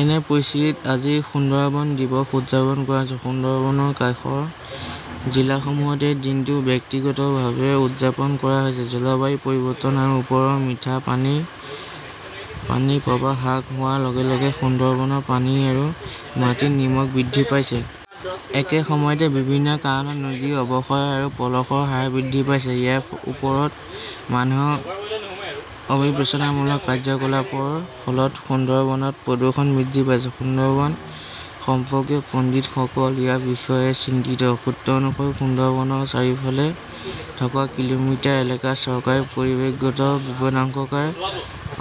এনে পৰিস্থিতিত আজি সুন্দৰবন দিৱস উদযাপন কৰা হৈছে। সুন্দৰবনৰ কাষৰ জিলাসমূহত এই দিনটো ব্যক্তিগতভাৱে উদযাপন কৰা হৈছে। জলবায়ু পৰিৱৰ্তন আৰু ওপৰৰ মিঠা পানীৰ পানী প্ৰৱাহ হ্ৰাস হোৱাৰ লগে লগে সুন্দৰবনৰ পানী আৰু মাটিত নিমখ বৃদ্ধি পাইছে। একে সময়তে, বিভিন্ন কাৰণত নদীৰ অৱক্ষয় আৰু পলসৰ হাৰ বৃদ্ধি পাইছে। ইয়াৰ ওপৰত মানুহৰ অবিবেচনামূলক কাৰ্যকলাপৰ ফলত সুন্দৰবনত প্ৰদূষণ বৃদ্ধি পাইছে। সুন্দৰবন সম্পৰ্কীয় পণ্ডিতসকল ইয়াৰ বিষয়ে চিন্তিত। সূত্ৰ অনুসৰি, সুন্দৰবনৰ চাৰিওফালে থকা কিলোমিটাৰ এলেকা চৰকাৰে পৰিৱেশগত বিপদাশংকাৰ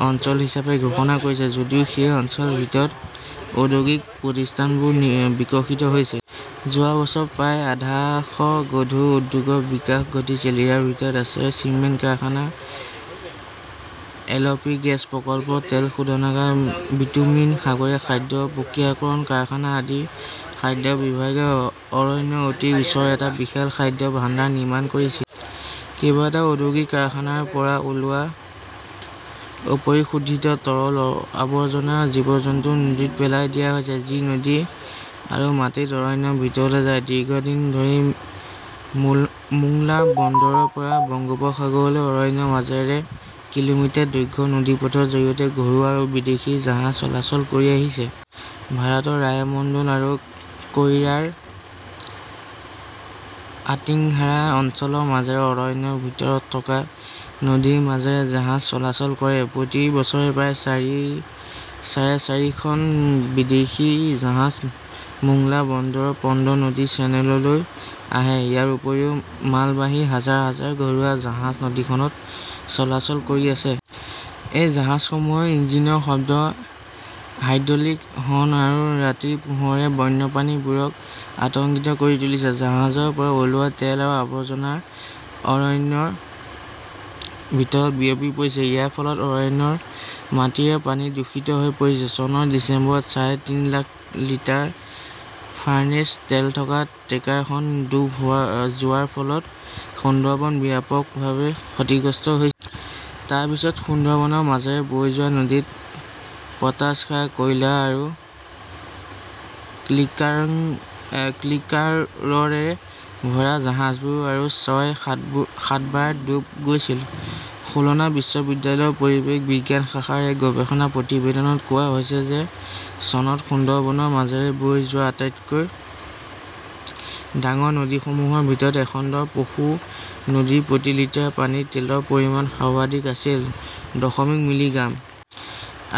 অঞ্চল হিচাপে ঘোষণা কৰিছে যদিও সেই অঞ্চলৰ ভিতৰত ঔদ্যোগিক প্ৰতিষ্ঠানবোৰ বিকশিত হৈছে। যোৱা বছৰত প্ৰায় আধা শ গধুৰ উদ্যোগৰ বিকাশ ঘটিছিল। ইয়াৰ ভিতৰত আছে চিমেণ্ট কাৰখানা, এলপি গেছ প্ৰকল্প, তেল শোধনাগাৰ, বিটুমিন, সাগৰীয় খাদ্য প্ৰক্ৰিয়াকৰণ কাৰখানা আদি। খাদ্য বিভাগে অৰণ্যৰ অতি ওচৰত এটা বিশাল খাদ্য ভাণ্ডাৰ নিৰ্মাণ কৰিছে। কেইবাটাও ঔদ্যোগিক কাৰখানাৰ পৰা ওলোৱা অপৰিশোধিত তৰল আৱৰ্জনা জীৱ-জন্তুৰ নদীত পেলাই দিয়া হৈছে, যি নদী আৰু মাটিত অৰণ্যৰ ভিতৰলৈ যায়। দীৰ্ঘদিন ধৰি মোং মোংলা বন্দৰৰ পৰা বংগোপসাগৰলৈ অৰণ্যৰ মাজেৰে কিলোমিটাৰ দৈৰ্ঘ্যৰ নদীপথৰ জৰিয়তে ঘৰুৱা আৰু বিদেশী জাহাজ চলাচল কৰি আহিছে। ভাৰতৰ ৰায়মঙ্গল আৰু কইৰাৰ আটিংহাৰা অঞ্চলৰ মাজেৰে অৰণ্যৰ ভিতৰত থকা নদীৰ মাজেৰে জাহাজ চলাচল কৰে। প্ৰতি বছৰে প্ৰায় চাৰি চাৰে চাৰিশখন বিদেশী জাহাজ মোংলা বন্দৰৰ পন্ডু নদী চেনেললৈ আহে। ইয়াৰ উপৰিও, মালবাহী হাজাৰ হাজাৰ ঘৰুৱা জাহাজ নদীখনত চলাচল কৰি আছে। এই জাহাজসমূহৰ ইঞ্জিনৰ শব্দ, হাইড্ৰলিক হৰ্ণ আৰু ৰাতিৰ পোহৰে বন্যপ্ৰাণীবোৰক আতংকিত কৰি তুলিছে। জাহাজৰ পৰা ওলোৱা তেল আৰু আৱৰ্জনা অৰণ্যৰ ভিতৰত বিয়পি পৰিছে। ইয়াৰ ফলত অৰণ্যৰ মাটি আৰু পানী দূষিত হৈ পৰিছে। চনৰ ডিচেম্বৰত চাৰে তিনি লাখ লিটাৰ ফাৰ্নেচ তেল থকা টেকাৰখন ডুব হোৱা যোৱাৰ ফলত সুন্দৰবন ব্যাপকভাৱে ক্ষতিগ্ৰস্ত হৈছিল। তাৰ পিছত সুন্দৰবনৰ মাজেৰে বৈ যোৱা নদীত পটাছ সাৰ, কয়লা আৰু ক্লিকাৰ ক্লিঙ্কাৰৰে ভৰা জাহাজবোৰ আৰু ছয়-সাতবাৰ ডুব গৈছিল। খুলনা বিশ্ববিদ্যালয়ৰ পৰিৱেশ বিজ্ঞান শাখাৰ এক গৱেষণা প্ৰতিবেদনত কোৱা হৈছে যে চনত সুন্দৰবনৰ মাজেৰে বৈ যোৱা আটাইতকৈ ডাঙৰ নদীসমূহৰ ভিতৰত এখন পশু নদীৰ প্ৰতি লিটাৰ পানীত তেলৰ পৰিমাণ সৰ্বাধিক আছিল দশমিক মিলিগ্ৰাম।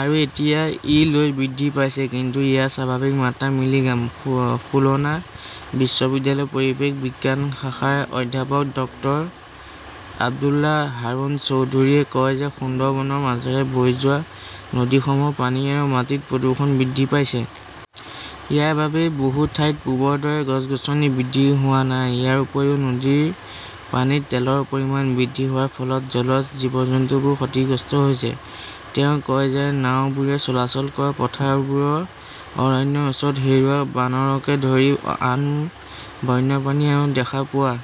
আৰু এতিয়া ই লৈ বৃদ্ধি পাইছে। কিন্তু ইয়াৰ স্বাভাৱিক মাত্ৰা মিলিগ্ৰাম। খুব খুলনা বিশ্ববিদ্যালয়ৰ পৰিৱেশ বিজ্ঞান শাখাৰ অধ্যাপক ডক্টৰ আব্দুল্লাহ হাৰুন চৌধুৰীয়ে কয় যে সুন্দৰবনৰ মাজেৰে বৈ যোৱা নদীসমূহৰ পানী আৰু মাটিত প্ৰদূষণ বৃদ্ধি পাইছে। ইয়াৰ বাবেই বহু ঠাইত পূৰ্বৰ দৰে গছ-গছনি বৃদ্ধি হোৱা নাই। ইয়াৰ উপৰিও নদীৰ পানীত তেলৰ পৰিমাণ বৃদ্ধি হোৱাৰ ফলত জলজ জীৱ-জন্তুবোৰ ক্ষতিগ্ৰস্ত হৈছে। তেওঁ কয় যে নাওবোৰে চলাচল কৰা পথাৰবোৰৰ অৰণ্যৰ ওচৰত হেৰুৱা, বানৰকে ধৰি আন বন্যপ্ৰাণী আৰু দেখা পোৱা